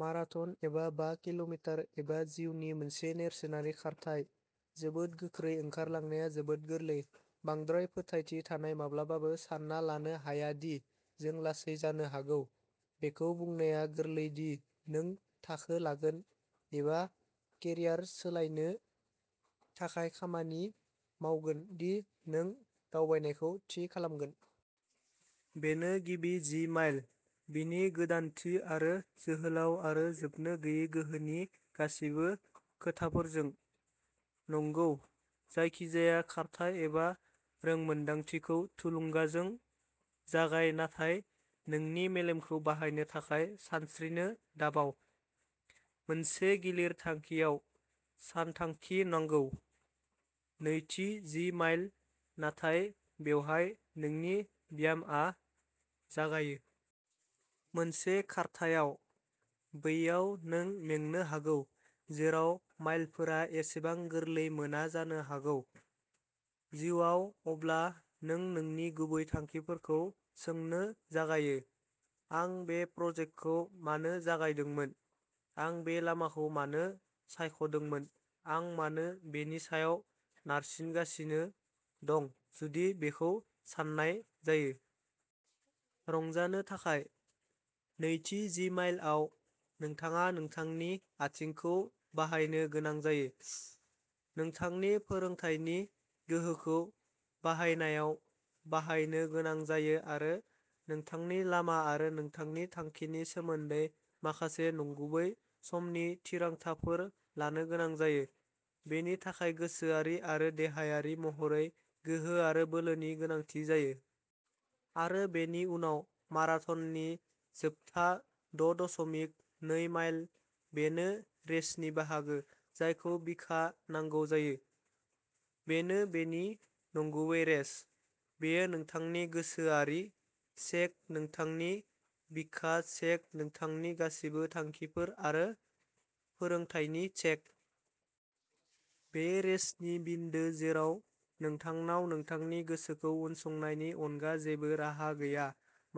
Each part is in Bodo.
मारथान एबा बा किल' मिटार एबा जिउनि मोनसे नेरसोनारि खारथाय, जोबोद गोख्रै ओंखारलांनाया जोबोद गोरलै, बांद्राय फोथायथि थानाय माब्लाबाबो सानना लानो हाया दि जों लासै जानो हागौ। बेखौ बुंनाया गोरलै दि नों थाखो लागोन एबा केरियार सोलायनो थाखाय खामानि मावगोन दि नों दावबायनायखौ थि खालामगोन। बेनो गिबि जि माइल, बिनि गोदानथि आरो जोहोलाव आरो जोबनो गैयै गोहोनि गासिबो खोथाफोरजों। नंगौ, जायखिजाया खारथाइ एबा रोंमोनदांथिखौ थुलुंगाजों जागाय नाथाय नोंनि मेलेमखौ बाहायनो थाखाय सानस्रिनो दाबाव। मोनसे गिलिर थांखिआव सानथांखि नांगौ। नैथि जि माइल, नाथाय बेवहाय नोंनि ब्यामआ जागायो। मोनसे खारथायाव, बैयाव नों मेंनो हागौ, जेराव माइलफोरा एसेबां गोरलै मोना जानो हागौ। जिउआव अब्ला नों नोंनि गुबै थांखिफोरखौ सोंनो जागायो। आं बे प्रजेक्टखौ मानो जागायदोंमोन? आं बे लामाखौ मानो सायख'दोंमोन? आं मानो बेनि सायाव नारसिनगासिनो दं जुदि बेखौ सान्नाय जायो। रंजानो थाखाय? नैथि जि माइलआव नोंथाङा नोंथांनि आथिंखौ बाहायनो गोनां जायो, नोंथांनि फोरोंथायनि गोहोखौ बाहायनायाव बाहायनो गोनां जायो आरो नोंथांनि लामा आरो नोंथांनि थांखिनि सोमोन्दै माखासे नंगुबै समनि थिरांथाफोर लानो गोनां जायो। बेनि थाखाय गोसोआरि आरो देहायारि महरै गोहो आरो बोलोनि गोनांथि जायो। आरो बेनि उनाव माराथननि जोबथा द' दशमिक नै माइल बेनो रेसनि बाहागो जायखौ बिखा नांगौ जायो। बेनो बेनि नंगुबै रेस। बेयो नोंथांनि गोसोआरि चेक नोंथांनि बिखा चेक नोंथांनि गासिबो थांखिफोर आरो फोरोंथायनि चेक। बे रेसनि बिन्दो जेराव नोंथांनाव नोंथांनि गोसोखौ उनसंनायनि अनगा जेबो राहा गैया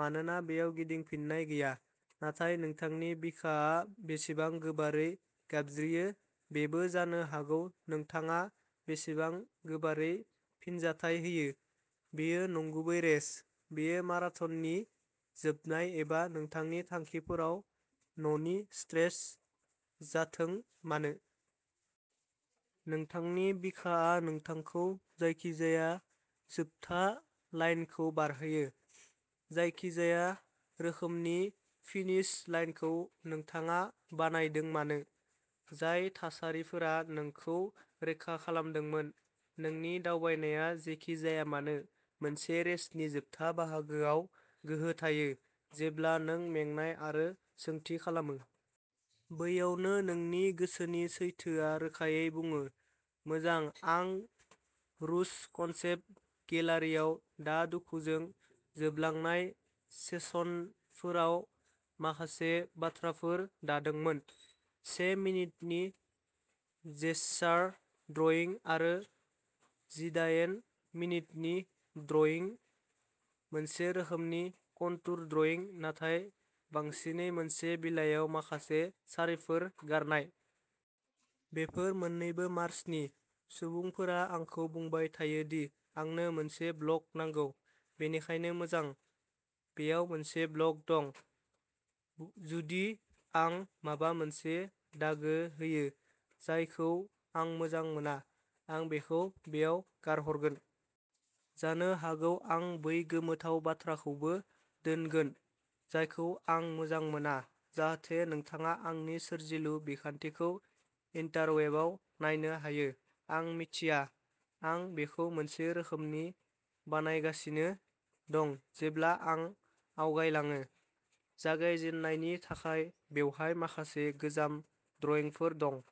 मानोना बेयाव गिदिंफिननाय गैया। नाथाय नोंथांनि बिखाआ बेसेबां गोबारै गाबज्रियो बेबो जानो हागौ नोंथाङा बेसेबां गोबारै फिनजाथाय होयो। बेयो नंगुबै रेस, बेयो माराथननि जोबनाय एबा नोंथांनि थांखिफोराव न'नि स्ट्रेच जाथों मानो। नोंथांनि बिखाआ नोंथांखौ जायखिजाया जोबथा लाइनखौ बारहोयो। जायखिजाया रोखोमनि फिनिश लाइनखौ नोंथाङा बानायदों मानो। जाय थासारिफोरा नोंखौ रैखा खालामदोंमोन, नोंनि दावबायनाया जेखि जाया मानो, मोनसे रेसनि जोबथा बाहागोआव गोहो थायो, जेब्ला नों मेंनाय आरो सोंथि खालामो। बैयावनो नोंनि गोसोनि सैथोआ रोखायै बुङो। मोजां आं रुज कन्सेप्ट गेलारियाव दा दुखुजों जोबलांनाय सेसनफोराव माखासे बाथ्राफोर दादोंमोन। से मिनिटनि जेसचार ड्रइं आरो जिदायेन मिनिटनि ड्रइं मोनसे रोखोमनि कन्टुर ड्रइं नाथाय बांसिनै मोनसे बिलाइयाव माखासे सारिफोर गारनाय। बेफोर मोन्नैबो मार्च नि। सुबुंफोरा आंखौ बुंबाय थायो दि आंनो मोनसे ब्लग नांगौ। बेनिखायनो, मोजां। बेयाव मोनसे ब्लग दं। जुदि आं माबा मोनसे दागो होयो जायखौ आं मोजां मोना, आं बेखौ बेयाव गारहरगोन। जानो हागौ आं बै गोमोथाव बाथ्राखौबो दोनगोन जायखौ आं मोजां मोना जाहाथे नोंथाङा आंनि सोरजिलु बिखान्थिखौ इन्टारवेबाव नायनो हायो। आं मिथिया। आं बेखौ मोनसे रोखोमनि बानायगासिनो दं जेब्ला आं आवगायलाङो। जागायजेन्नायनि थाखाय बेवहाय माखासे गोजाम ड्रइंफोर दं।